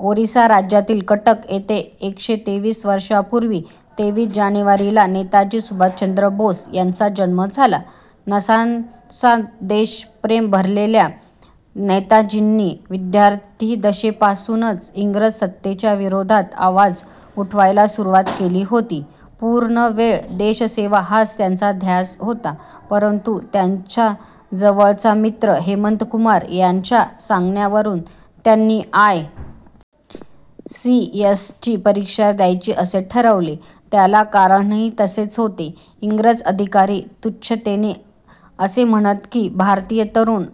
ओरिसा राज्यातील कटक येथे एकशे तेवीस वर्षांपूर्वी तेवीस जानेवारीला नेताजी सुभाषचंद्र बोस यांचा जन्म झाला. नसानसांत देशप्रेम भरलेल्या नेताजींनी विद्यार्थिदशेपासूनच इंग्रज सत्तेच्या विरोधात आवाज उठवायला सुरुवात केली होती. पूर्णवेळ देशसेवा हाच त्यांचा ध्यास होता, परंतु त्यांचा जवळचा मित्र हेमंतकुमार यांच्या सांगण्यावरून त्यांनी आय. सी. एस. ची परीक्षा द्यायची असे ठरवले. त्याला कारणही तसेच होते. इंग्रज अधिकारी तुच्छतेने असे म्हणत की, भारतीय तरुण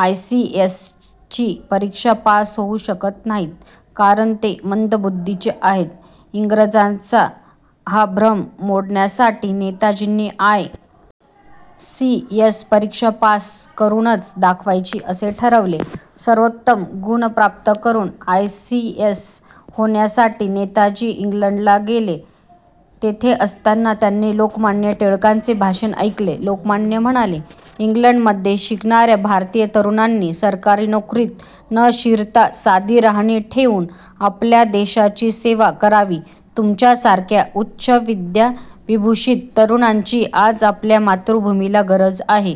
आयसीएसची परीक्षा पास होऊ शकत नाहीत, कारण ते मंदबुद्धीचे आहेत. इंग्रजांचा हा भ्रम मोडण्यासाठी नेताजींनी आय. सी. एस. परीक्षा पास करूनच दाखवायची असे ठरवले. सर्वोत्तम गुण प्राप्त करून आयसीएस होण्यासाठी नेताजी इंग्लंडला गेले. तिथे असताना त्यांनी लोकमान्य टिळकांचे भाषण ऐकले. लोकमान्य म्हणाले, इंग्लंडमध्ये शिकणाऱ्या भारतीय तरुणांनी सरकारी नोकरीत न शिरता साधी राहणी ठेवून आपल्या देशाची सेवा करावी तुमच्यासारख्या उच्चविद्याविभूषित तरुणांची आज आपल्या मातृभूमीला गरज आहे.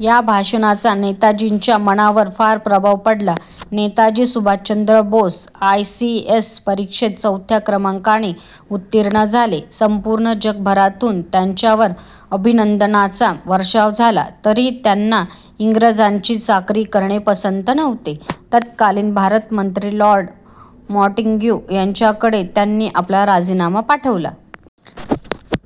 या भाषणाचा नेताजींच्या मनावर फार प्रभाव पडला. Netaji Subhashchandra Bose I. C. S. परीक्षेत चौथ्या क्रमांकाने उत्तीर्ण झाले. संपूर्ण जगभरातून त्यांच्यावर अभिनंदनाचा वर्षाव झाला, तरी त्यांना इंग्रजांची चाकरी करणे पसंत नव्हते. तत्कालीन भारतमंत्री लॉर्ड माँटिग्यू यांच्याकडे त्यांनी आपला राजीनामा पाठवला.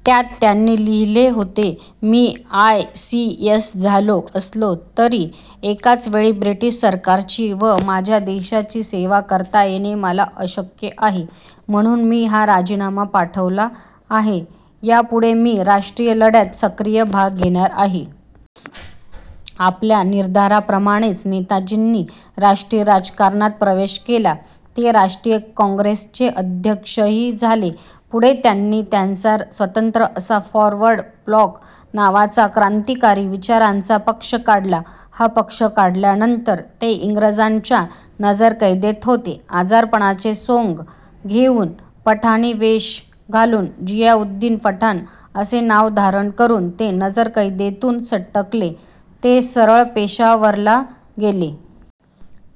त्यात त्यांनी लिहिले होते मी आय. सी. एस. झालो असलो तरी एकाच वेळी ब्रिटिश सरकारची व माझ्या देशाची सेवा करता येणे मला अशक्य आहे, म्हणून मी हा राजीनामा पाठवला आहे. यापुढे मी राष्ट्रीय लढ्यात सक्रिय भाग घेणार आहे. आपल्या निर्धाराप्रमाणेच नेताजींनी राष्ट्रीय राजकारणात प्रवेश केला. ते राष्ट्रीय काँग्रेसचे अध्यक्षही झाले. पुढे त्यांनी त्यांचा स्वतंत्र असा फॉरवर्ड ब्लॉक नावाचा क्रांतिकारी विचारांचा पक्ष काढला. हा पक्ष काढल्यानंतर ते इंग्रजांच्या नजरकैदेत होते. आजारपणाचे सोंग घेऊन पठाणी वेष घालून, जियाउद्दीन पठाण असे नाव धारण करून ते नजरकैदेतून सटकले, ते सरळ पेशावरला गेले.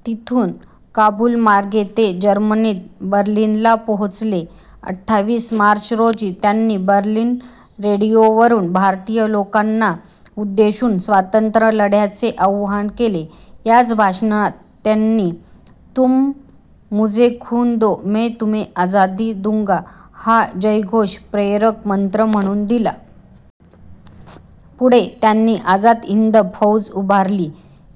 तिथून काबूल मार्गे ते जर्मनीत बर्लिनला पोहोचले. अठ्ठावीस मार्च रोजी त्यांनी बर्लिन रेडिओवरून भारतीय लोकांना उद्देशून स्वातंत्र्यलढ्याचे आव्हान केले. याच भाषणात त्यांनी, तुम मुझे खून दो मैं तुम्हें आजादी दूंगा हा जयघोष प्रेरकमंत्र म्हणून दिला. पुढे त्यांनी आझाद हिंद फौज उभारली.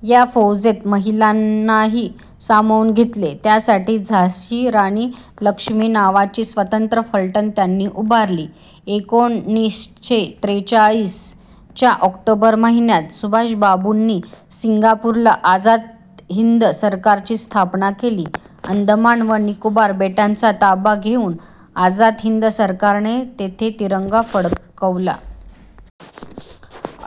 या फौजेत महिलांनाही सामावून घेतले. त्यासाठी झाशी राणी लक्ष्मी नावाची स्वतंत्र फलटण त्यांनी उभारली. एकोणीसशे त्रेचाळीस च्या ऑक्टोबर महिन्यात सुभाषबाबूंनी सिंगापूरला आझाद हिंद सरकारची स्थापना केली. अंदमान व निकोबार बेटांचा ताबा घेऊन आझाद हिंद सरकारने तेथे तिरंगा फडकवला.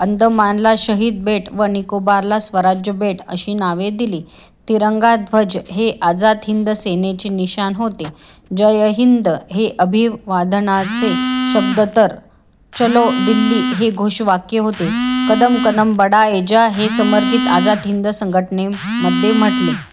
अंदमानला शहीद बेट व निकोबारला स्वराज्य बेट अशी नावे दिली. तिरंगा ध्वज हे आझाद हिंद सेनेचे निशाण होते. जय हिंद हे अभिवादनाचे शब्द, तर चलो दिल्ली हे घोषवाक्य होते. कदम कदम बढाये जा. हे समरगीत आझाद हिंद संघटनेमध्ये म्हटले